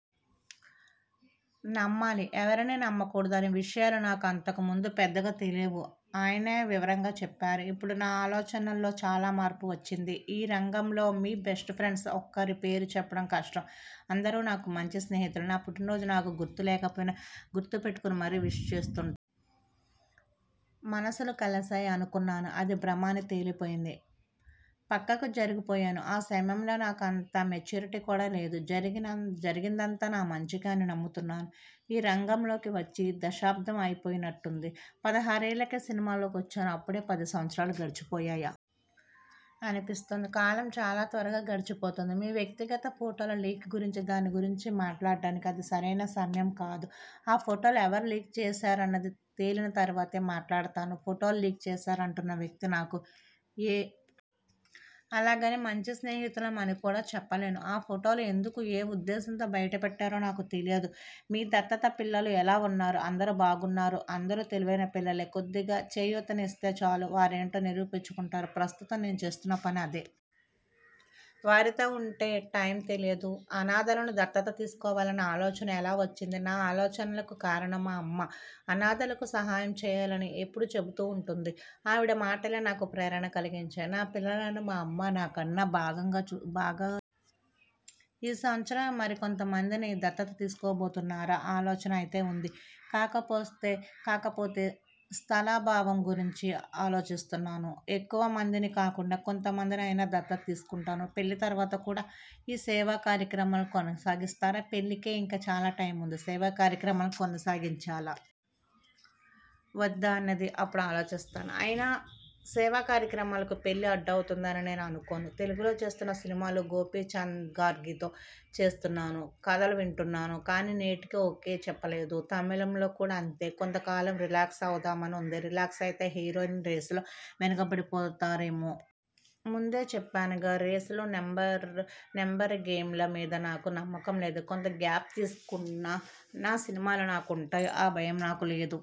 నమ్మాలి? ఎవరిని నమ్మకూడదు? అనే విషయాలు నాకు అంతకు ముందు పెద్దగా తెలియవు. ఆయనే వివరంగా చెప్పారు. ఇప్పుడు నా ఆలోచనల్లో చాలా మార్పు వచ్చింది. ఈ రంగంలో మీ బెస్ట్ ఫ్రెండ్స్ ఒక్కరి పేరు చెప్పడం కష్టం. అందరూ నాకు మంచి స్నేహితులే నా పుట్టినరోజు నాకు గుర్తు లేకపోయినా, గుర్తు పెట్టుకుని మరీ విష్ చేస్తుంటారు. మనసులు కలిశాయి అనుకున్నాను. అది భ్రమ అని తేలిపోయింది. పక్కకు జరిగిపోయాను. ఆ సమయంలో నాకు అంత మెచ్యూరిటీ కూడా లేదు. జరిగిందంతా నా మంచికే అని నమ్ముతున్నాను. ఈ రంగంలోకి వచ్చి దశాబ్దం అయిపోయినట్టుంది? పదహారేళ్ళకే సినిమాల్లోకి వచ్చాను. అప్పుడే పది సంవత్సరాలు గడిచిపోయాయా? అనిపిస్తోంది. కాలం చాలా త్వరగా గడిచిపోతోంది. మీ వ్యక్తిగత ఫోటోల లీక్ గురించి? దాని గురించి మాట్లాడడానికి ఇది సరైన సమయం కాదు. ఆ ఫోటోలు ఎవరు లీక్ చేశారన్నది తేలిన తరువాతే మాట్లాడతాను. ఫోటోలు లీక్ చేశారంటున్న వ్యక్తితో నాకు ఎలాంటి విబేధాలు లేవు. అలాగని మంచి స్నేహితులం అని కూడా చెప్పలేను. ఆ ఫోటోలు ఎందుకు ఏ ఉద్దేశంతో బయటపెట్టారో నాకు తెలియదు. మీ దత్తత పిల్లలు ఎలా ఉన్నారు? అందరూ బాగున్నారు. అందరూ తెలివైన పిల్లలే కొద్దిగా చేయూతనిస్తే చాలు వారేంటో నిరూపించుకుంటారు. ప్రస్తుతం నేను చేస్తున్న పని అదే! వారితో ఉంటే టైమే తెలియదు. అనాధలను దత్తత తీసుకోవాలన్న ఆలోచన ఎలా వచ్చింది? నా ఆలోచనలకు కారణం మా అమ్మ. అనాధలకు సహాయం చేయాలని ఎప్పుడూ చెబుతూ ఉంటుంది. ఆవిడ మాటలే నాకు ప్రేరణ కలిగించాయి. నా పిల్లలను మా అమ్మ నాకన్నా బాగంగా చూసుకుంటుంది. ఈ సంవత్సరం మరికొంత మందిని దత్తత తీసుకోబోతున్నారా? ఆలోచన అయితే ఉంది. కాకపోతే స్థలాభావం గురించి ఆలోచిస్తున్నాను. ఎక్కువ మందిని కాకుండా కొంత మందిని అయినా దత్తత తీసుకుంటాను. పెళ్ళి తరువాత కూడా ఈ సేవాకార్యక్రమాలను కొనసాగిస్తారా? పెళ్ళికే ఇంకా చాలా టైముంది. సేవాకార్యక్రమాలను కొనసాగించాలా? వద్దా? అన్నది అప్పుడు ఆలోచిస్తాను. అయినా సేవాకార్యక్రమాలకు పెళ్ళి అడ్డు అవుతుందని నేను అనుకోను. తెలుగులో చేస్తున్న సినిమాలు? గోపీచంద్గారితో చేస్తున్నాను. కధలు వింటున్నాను కానీ, వేటికీ ఓకే చెప్పలేదు. తమిళంలో కూడా అంతే! కొంత కాలం రిలాక్స్ అవుదామని ఉంది. రిలాక్స్ అయితే హీరోయిన్ రేసులో వెనుకబడిపోతారేమో? ముందే చెప్పానుగా? రేసులు, నెంబర్ నెంబర్ గేమ్ల మీద నాకు నమ్మకం లేదు. కొంత గ్యాప్ తీసుకున్నా నా సినిమాలు నాకు ఉంటాయి. ఆ భయం నాకు లేదు.